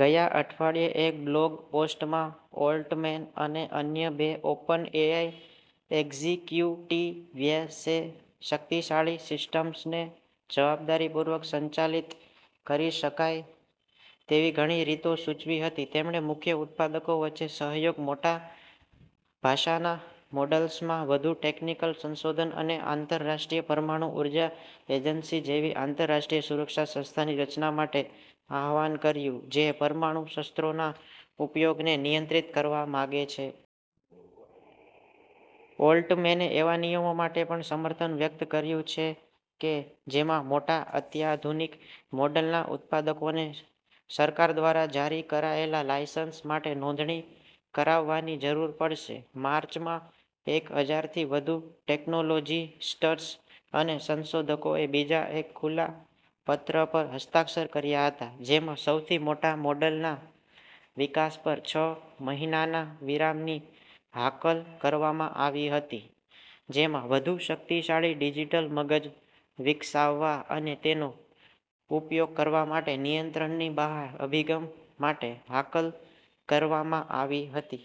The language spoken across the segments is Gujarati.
ગયા અઠવાડિયે એક બ્લોગ પોસ્ટમાં, ઓલ્ટમેન અને અન્ય બે ઓપનએઆઈ એક્ઝિક્યુટિવ્સે શક્તિશાળી સિસ્ટમ્સને જવાબદારીપૂર્વક સંચાલિત કરી શકાય તેવી ઘણી રીતો સૂચવી હતી. તેમણે મુખ્ય ઉત્પાદકો વચ્ચે સહયોગ, મોટા ભાષાના મોડલ્સમાં વધુ ટેકનિકલ સંશોધન અને આંતરરાષ્ટ્રીય પરમાણુ ઉર્જા એજન્સી જેવી આંતરરાષ્ટ્રીય સુરક્ષા સંસ્થાની રચના માટે આહ્વાન કર્યું, જે પરમાણુ શસ્ત્રોના ઉપયોગને નિયંત્રિત કરવા માંગે છે. ઓલ્ટમેને એવા નિયમો માટે પણ સમર્થન વ્યક્ત કર્યું છે કે, જેમાં મોટા, અત્યાધુનિક મોડલના ઉત્પાદકોને સરકાર દ્વારા જારી કરાયેલા લાઇસન્સ માટે નોંધણી કરાવવાની જરૂર પડશે. માર્ચમાં, એક હજાર થી વધુ ટેક્નોલોજિસ્ટ્સ અને સંશોધકોએ બીજા એક ખુલ્લા પત્ર પર હસ્તાક્ષર કર્યા હતા, જેમાં સૌથી મોટા મોડલના વિકાસ પર છ મહિનાના વિરામની હાકલ કરવામાં આવી હતી, જેમાં "વધુ શક્તિશાળી ડિજિટલ મગજ વિકસાવવા અને તેનો ઉપયોગ કરવા માટે નિયંત્રણની બહાર અભિગમ" માટે હાકલ કરવામાં આવી હતી.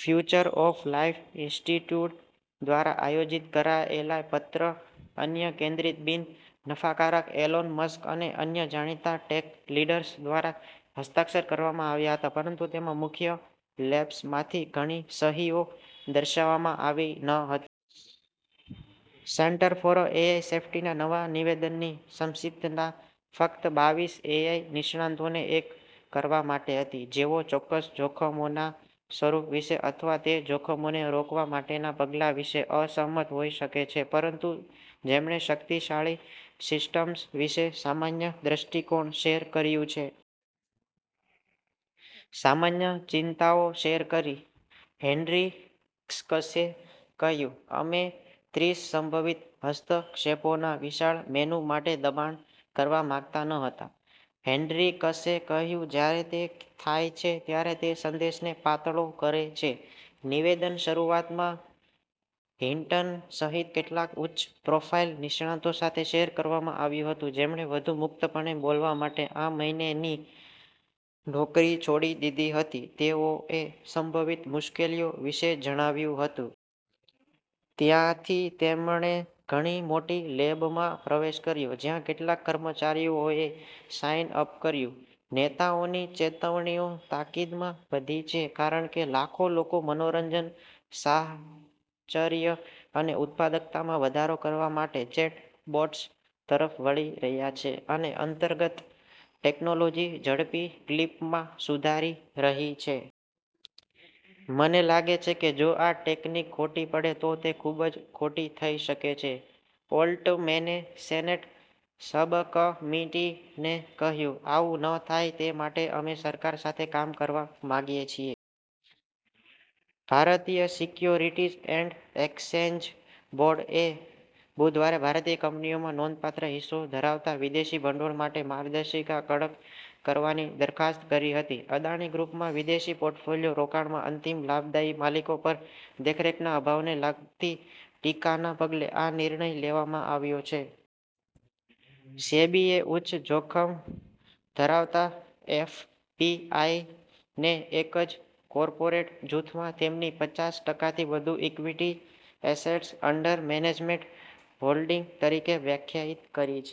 ફ્યુચર ઑફ લાઇફ ઇન્સ્ટિટ્યૂટ દ્વારા આયોજિત કરાયેલા પત્ર, અન્ય -કેન્દ્રિત બિન નફાકારક, એલોન મસ્ક અને અન્ય જાણીતા ટેક લીડર્સ દ્વારા હસ્તાક્ષર કરવામાં આવ્યા હતા, પરંતુ તેમાં મુખ્ય લેબ્સમાંથી ઘણી સહીઓ દર્શાવવામાં આવી ન હતી. સેન્ટર ફોર એઆઈ સેફ્ટીના નવા નિવેદનની સંક્ષિપ્તતા ફક્ત બાવીસ એઆઈ નિષ્ણાતોને એક કરવા માટે હતી, જેઓ ચોક્કસ જોખમોના સ્વરૂપ વિશે અથવા તે જોખમોને રોકવા માટેના પગલાં વિશે અસંમત હોઈ શકે છે પરંતુ, જેમણે શક્તિશાળી સિસ્ટમ્સ વિશે સામાન્ય દ્રષ્ટિકોણ શેર કર્યું છે. સામાન્ય ચિંતાઓ શેર કરી, હેન્ડ્રીક્સે કહ્યું. "અમે ત્રીસ સંભવિત હસ્તક્ષેપોના વિશાળ મેનૂ માટે દબાણ કરવા માંગતા ન હતા," હેન્ડ્રીક્સે કહ્યું. "જ્યારે તે થાય છે, ત્યારે તે સંદેશને પાતળો કરે છે. " નિવેદન શરૂઆતમાં હિન્ટન સહિત કેટલાક ઉચ્ચ-પ્રોફાઇલ નિષ્ણાતો સાથે શેર કરવામાં આવ્યું હતું, જેમણે વધુ મુક્તપણે બોલવા માટે આ મહિને ની નોકરી છોડી દીધી હતી, તેઓએ સંભવિત મુશ્કેલીઓ વિશે જણાવ્યું હતું. ત્યાંથી, તેમણે ઘણી મોટી લેબમાં પ્રવેશ કર્યો, જ્યાં કેટલાક કર્મચારીઓએ સાઇન અપ કર્યું. નેતાઓની ચેતવણીઓ તાકીદમાં વધી છે કારણ કે, લાખો લોકો મનોરંજન, સાહચર્ય અને ઉત્પાદકતામાં વધારો કરવા માટે ચેટબોટ્સ તરફ વળી રહ્યા છે, અને અંતર્ગત ટેકનોલોજી ઝડપી ક્લિપમાં સુધારી રહી છે. "મને લાગે છે કે જો આ ટેકનિક ખોટી પડે, તો તે ખૂબ જ ખોટી થઈ શકે છે," ઓલ્ટમેને સેનેટ સબકમિટીને કહ્યું. "આવુ ન થાય તે માટે અમે સરકાર સાથે કામ કરવા માંગીએ છીએ. ભારતીય સિક્યોરિટીઝ એન્ડ એક્સચેન્જ બોર્ડ એ બુધવારે ભારતીય કંપનીઓમાં નોંધપાત્ર હિસ્સો ધરાવતા વિદેશી ભંડોળ માટે માર્ગદર્શિકા કડક કરવાની દરખાસ્ત કરી હતી. અદાણી ગ્રૂપમાં વિદેશી પોર્ટફોલિયો રોકાણમાં અંતિમ લાભદાયી માલિકો પર દેખરેખના અભાવને લગતી ટીકાના પગલે આ નિર્ણય લેવામાં આવ્યો છે. સેબીએ ઉચ્ચ જોખમ ધરાવતા એફપીઆઈને એક જ કોર્પોરેટ જૂથમાં તેમની પચાસ ટકા થી વધુ equity assets under management holding તરીકે વ્યાખ્યાયિત કરી છે.